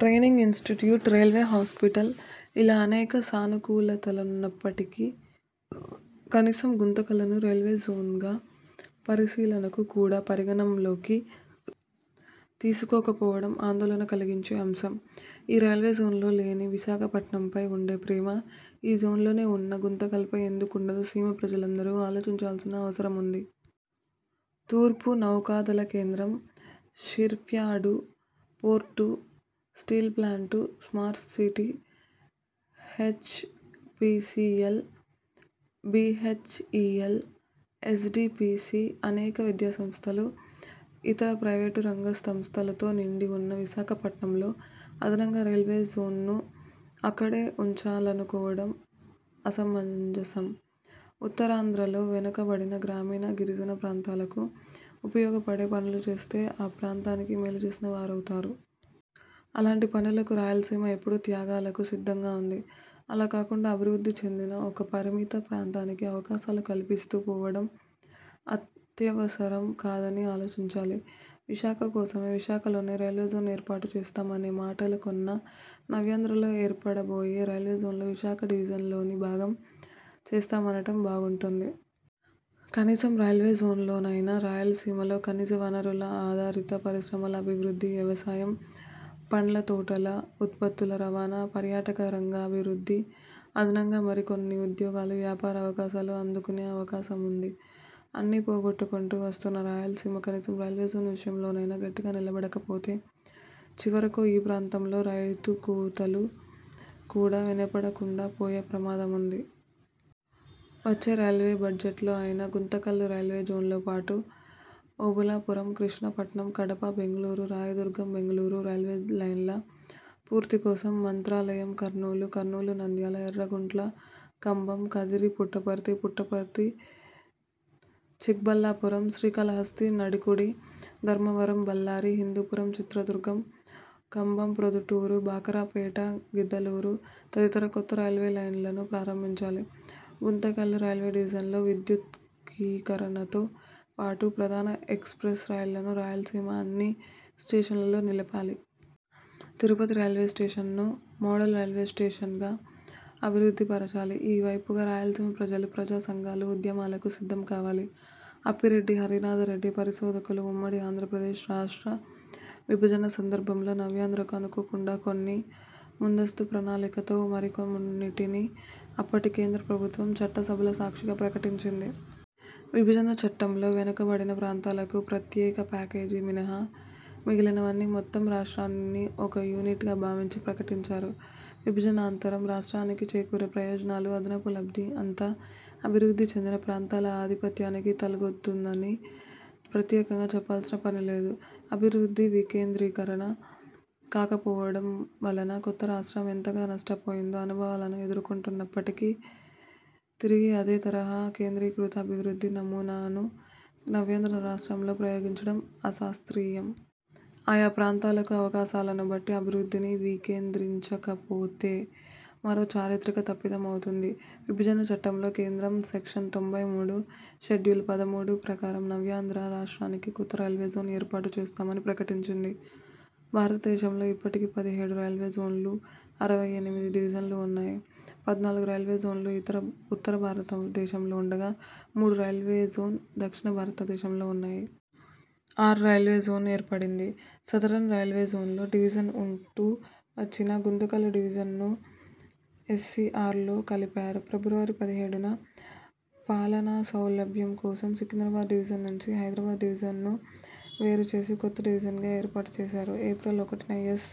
Training institute, railway hospital ఇలా అనేక సానుకూలతలున్న ప్పటికీ, కనీసం గుంతకల్లును రైల్వేజోన్గా పరిశీలనకు కూడా పరిగణంలోకి తీసుకోకపోవడం ఆందోళన కలిగించే అంశం. ఈ రైల్వే జోన్లో లేని విశాఖపట్నంపై ఉండే ప్రేమ ఈ జోన్లోనే ఉన్న గుంతకల్పై ఎందుకుండదో సీమ ప్రజలందరూ ఆలోచించాల్సిన అవసరముంది. తూర్పు నౌకాదళ కేంద్రం, shipyard, port, steel plant, smart city, H. P. C. L, BHEL, S. D. P. C. అనేక విద్యాసంస్థలు, ఇతర ప్రైవేటు రంగ సంస్థలతో నిండి ఉన్న విశాఖ పట్నంలో అదనంగా రైల్వేజోన్ను అక్కడే ఉంచాలనుకోవటం అసమంజసం. ఉత్తరాంధ్రలో వెనుకబడిన గ్రామీణ, గిరిజన ప్రాంతాలకు ఉపయోగపడే పనులుచేస్తే ఆ ప్రాంతానికి మేలుచేసిన వారవు తారు. అలాంటి పనులకు రాయలసీమ ఎప్పుడు త్యాగాలకు సిద్ధంగా ఉంది. అలా కాకుండా అభివృద్ధి చెందిన ఒక పరిమిత ప్రాంతానికే అవకాశాలు కల్పిస్తూ పోవటం అత్యవసరం కాదని ఆలోచించాలి. విశాఖ కోసమే, విశాఖలోనే రైల్వేజోన్ ఏర్పాటు చేస్తాం అనే మాటల కన్నా నవ్యాంధ్రలో ఏర్పడబోయే రైల్వేజోన్లో విశాఖ డివిజన్లోని భాగం చేస్తామనటం బాగుంటుంది. కనీసం రైల్వేజోన్లోనైనా రాయలసీమలో ఖనిజ వనరుల ఆధారత పరిశ్రమల అభివృద్ధి, వ్యవసాయం, పండ్లతోటల ఉత్పత్తుల రవాణా, పర్యాటక రంగాభివృద్ధి, అదనంగా మరికొన్ని ఉద్యోగాలు, వ్యాపార అవకాశాలు అందుకొనే అవకాశంఉంది. అన్నీ పోగొట్టుకొంటూ వస్తున్న రాయలసీమ కనీసం రైల్వేజోన్ విషయంలోనైనా గట్టిగా నిలబడకపోతే చివరకు ఈ ప్రాంతంలో రైతుకూతలు కూడా వినబడకుండా పోయే ప్రమాదముంది. వచ్చే రైల్వేబడ్జెట్లో అయినా గుంతకల్లు రైల్వేజోన్లోపాటు, ఓబుళాపురం- కృష్ణపట్నం, కడప- బెంగళూరు, రాయదుర్గం-బెంగళూరు, రైల్వేలైన్ల పూర్తి కోసం, మంత్రాలయంకర్నూలు, కర్నూలు–-నంద్యాల, ఎర్రగుంట్ల-–కంభం, కదిరి-–పుట్టపర్తి, పుట్టపర్తి–-చిక్బళ్ళాపురం, శ్రీకాళహస్తి –నడికుడి, ధర్మవరం–-బళ్ళారి, హిందూపురం-– చిత్రదుర్గం, కంబం- –ప్రొద్దుటూరు, బాకరాపేట-–గిద్దలూరు తదితర కొత్త రైల్వేలైన్లను ప్రారంభించాలి. గుంతకల్లు రైల్వే డివిజన్లో విద్యుదీకరణతో పాటు, ప్రధాన ఎక్స్ప్రెస్ రైళ్ళను రాయలసీమ అన్ని స్టేషన్లలో నిలపాలి. తిరుపతి రైల్వేస్టేషన్ను మోడల్ రైల్వే స్టేషన్గా అభివృద్ధి పరచాలి. ఈ వైపుగా రాయలసీమ ప్రజలు, ప్రజా సంఘాలు ఉద్యమాలకు సిద్ధం కావాలి. అప్పిరెడ్డి హరినాథరెడ్డిపరిశోధకులు ఉమ్మడి ఆంధ్రప్రదేశ్ రాష్ట్ర విభజన సందర్భంలో నవ్యాంధ్రకు అనుకోకుండా కొన్ని, ముందస్తు ప్రణాళికతో మరికొన్నింటిని అప్పటి కేంద్ర ప్రభుత్వం చట్టసభల సాక్షిగా ప్రకటించింది. విభజన చట్టంలో 'వెనుకబడిన ప్రాంతాలకు- ప్రత్యేకప్యాకేజీ' మినహా మిగిలినవన్నీ మొత్తం రాష్ట్రాన్ని ఒక యూనిట్గా భావించి ప్రకటించారు. విభజనానంతరం రాష్ట్రానికి చేకూరే ప్రయోజనాలు, అదనపు లబ్ధి అంతా అభివృద్ధి చెందిన ప్రాంతాల ఆధిపత్యానికి తలొగ్గుతుందని ప్రత్యేకంగా చెప్పాల్సిన పని లేదు. అభివృద్ధి వికేంద్రీకరణ కాకపోవటం వలన కొత్త రాష్ట్రం ఎంతగా నష్టపోయిందో అనుభవాలను ఎదుర్కొంటున్నప్పటికీ, తిరిగి అదే తరహా కేంద్రీకృత అభివృద్ధి నమూనాను నవ్యాంధ్ర రాష్ట్రంలో ప్రయోగించటం అశాస్త్రీయం. ఆయా ప్రాంతాలకు అవకాశాలనుబట్టి అభివృద్ధిని వికేంద్రీకరించకపోతే మరో చారిత్రక తప్పిదం అవుతుంది. విభజన చట్టంలో కేంద్రం సెక్షన్-తొంభై మూడు, షెడ్యూల్-పదమూడు ప్రకారం నవ్యాంధ్ర రాష్ట్రానికి కొత్త 'రైల్వేజోన్' ఏర్పాటు చేస్తామని ప్రకటించింది. భారతదేశంలో ఇప్పటికి పదిహేడు రైల్వేజోన్లు, అరవై ఎనిమిది డివిజన్లు ఉన్నాయి. పద్నాలుగు రైల్వేజోన్లు ఇతర ఉత్తర భారతదేశంలోఉండగా, మూడు రైల్వేజోన్ దక్షిణ భారతదేశంలో ఉన్నాయి. ఆర్. రైల్వేజోన్ ఏర్పడింది. సదరన్ రైల్వే జోన్లో డివిజన్ ఉంటూ వచ్చిన 'గుంతకల్లు డివిజన్'ను యస్. సి. ఆర్. లో కలిపారు. ఫిబ్రవరి పదిహేడున పాలనాసౌలభ్యం కోసం సికింద్రాబాద్ డివిజన్ నుంచి హైదరాబాద్ డివిజన్ను వేరుచేసి కొత్త డివిజన్గా ఏర్పాటు చేశారు. ఏప్రిల్ ఒకటిన యస్.